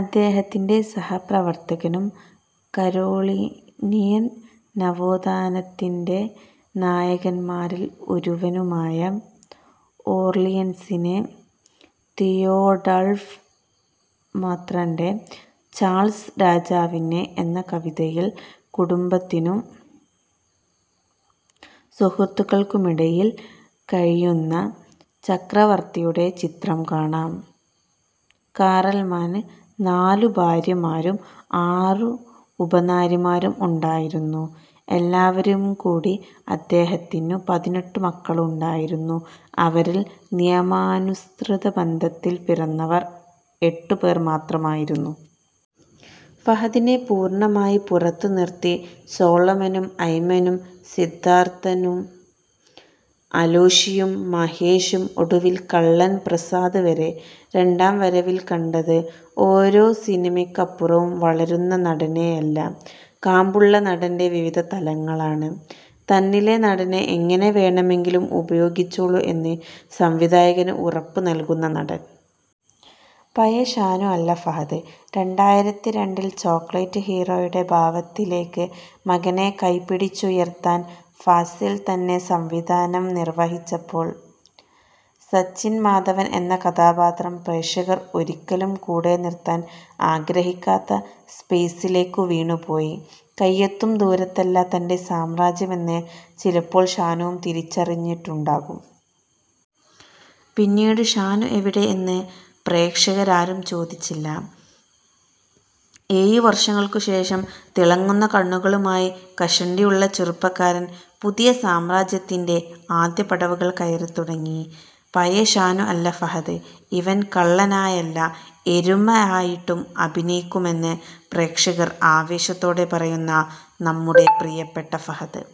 അദ്ദേഹത്തിന്റെ സഹപ്രവർത്തകനും കരോളിനിയൻ നവോത്ഥാനത്തിന്റെ നായകന്മാരിൽ ഒരുവനുമായ ഓർളിയൻസിലെ Theodulf മെത്രാന്റെ, "Charles രാജാവിന്" എന്ന കവിതയിൽ, കുടുംബത്തിനും സുഹൃത്തുക്കൾക്കുമിടയിൽ കഴിയുന്ന ചക്രവർത്തിയുടെ ചിത്രം കാണാം. കാറൽമാന് നാലു ഭാര്യമാരും ആറു ഉപനാരിമാരും ഉണ്ടായിരുന്നു. എല്ലാവരിലുംകൂടി അദ്ദേഹത്തിനു പതിനെട്ടു മക്കൾ ഉണ്ടായിരുന്നു. അവരിൽ നിയമാനുസൃതബന്ധത്തിൽ പിറന്നവർ എട്ടു പേർ മാത്രമായിരുന്നു. ഫഹദിനെ പൂർണമായി പുറത്തു നിർത്തി സോളമനും അയ്മനം സിദ്ധാർത്ഥനും അലോഷിയും മഹേഷും ഒടുവിൽ കള്ളൻ പ്രസാദ് വരെ. രണ്ടാം വരവിൽ കണ്ടത് ഓരോ സിനിമയ്ക്കപ്പുറവും വളരുന്ന നടനെയല്ല, കാമ്പുള്ള നടന്റെ വിവിധ തലങ്ങളാണ്. തന്നിലെ നടനെ എങ്ങനെ വേണമെങ്കിലും ഉപയോഗിച്ചോളൂ എന്ന് സംവിധായകന് ഉറപ്പു നൽകുന്ന നടൻ. പഴയ ഷാനു അല്ല ഫഹദ് രണ്ടായിരത്തി രണ്ടിൽ ചോക്ലേറ്റ് ഹീറോയുടെ ഭാവതലത്തിലേക്ക് മകനെ കൈ പിടിച്ചുയർത്താൻ ഫാസിൽ തന്നെ സംവിധാനം നിർവഹിച്ചപ്പോൾ, സച്ചിൻ മാധവൻ എന്ന കഥാപാത്രം പ്രേക്ഷകർ ഒരിക്കലും കൂടെ നിർത്താൻ ആഗ്രഹിക്കാത്ത സ്പേസിലേക്കു വീണു പോയി. കയ്യെത്തും ദൂരത്തല്ല തന്റെ സാമ്രാജ്യം എന്ന് ചിലപ്പോൾ ഷാനുവും തിരിച്ചറിഞ്ഞിട്ടുണ്ടാകും. പിന്നീട് ഷാനു എവിടെ എന്ന് പ്രേക്ഷകരും ചോദിച്ചില്ല. ഏഴു വർഷങ്ങൾക്കു ശേഷം തിളങ്ങുന്ന കണ്ണുകളുമായി കഷണ്ടിയുള്ള ചെറുപ്പക്കാരൻ പുതിയ സാമ്രാജ്യത്തിന്റെ ആദ്യ പടവുകൾ കയറി തുടങ്ങി. പഴയ ഷാനു അല്ല.. ഫഹദ്.. ഇവൻ കള്ളനായല്ല, എരുമ ആയിട്ടും അഭിനയിക്കുമെന്ന് പ്രേക്ഷകർ ആവേശത്തോടെ പറയുന്ന നമ്മളുടെ പ്രിയപ്പെട്ട ഫഹദ്.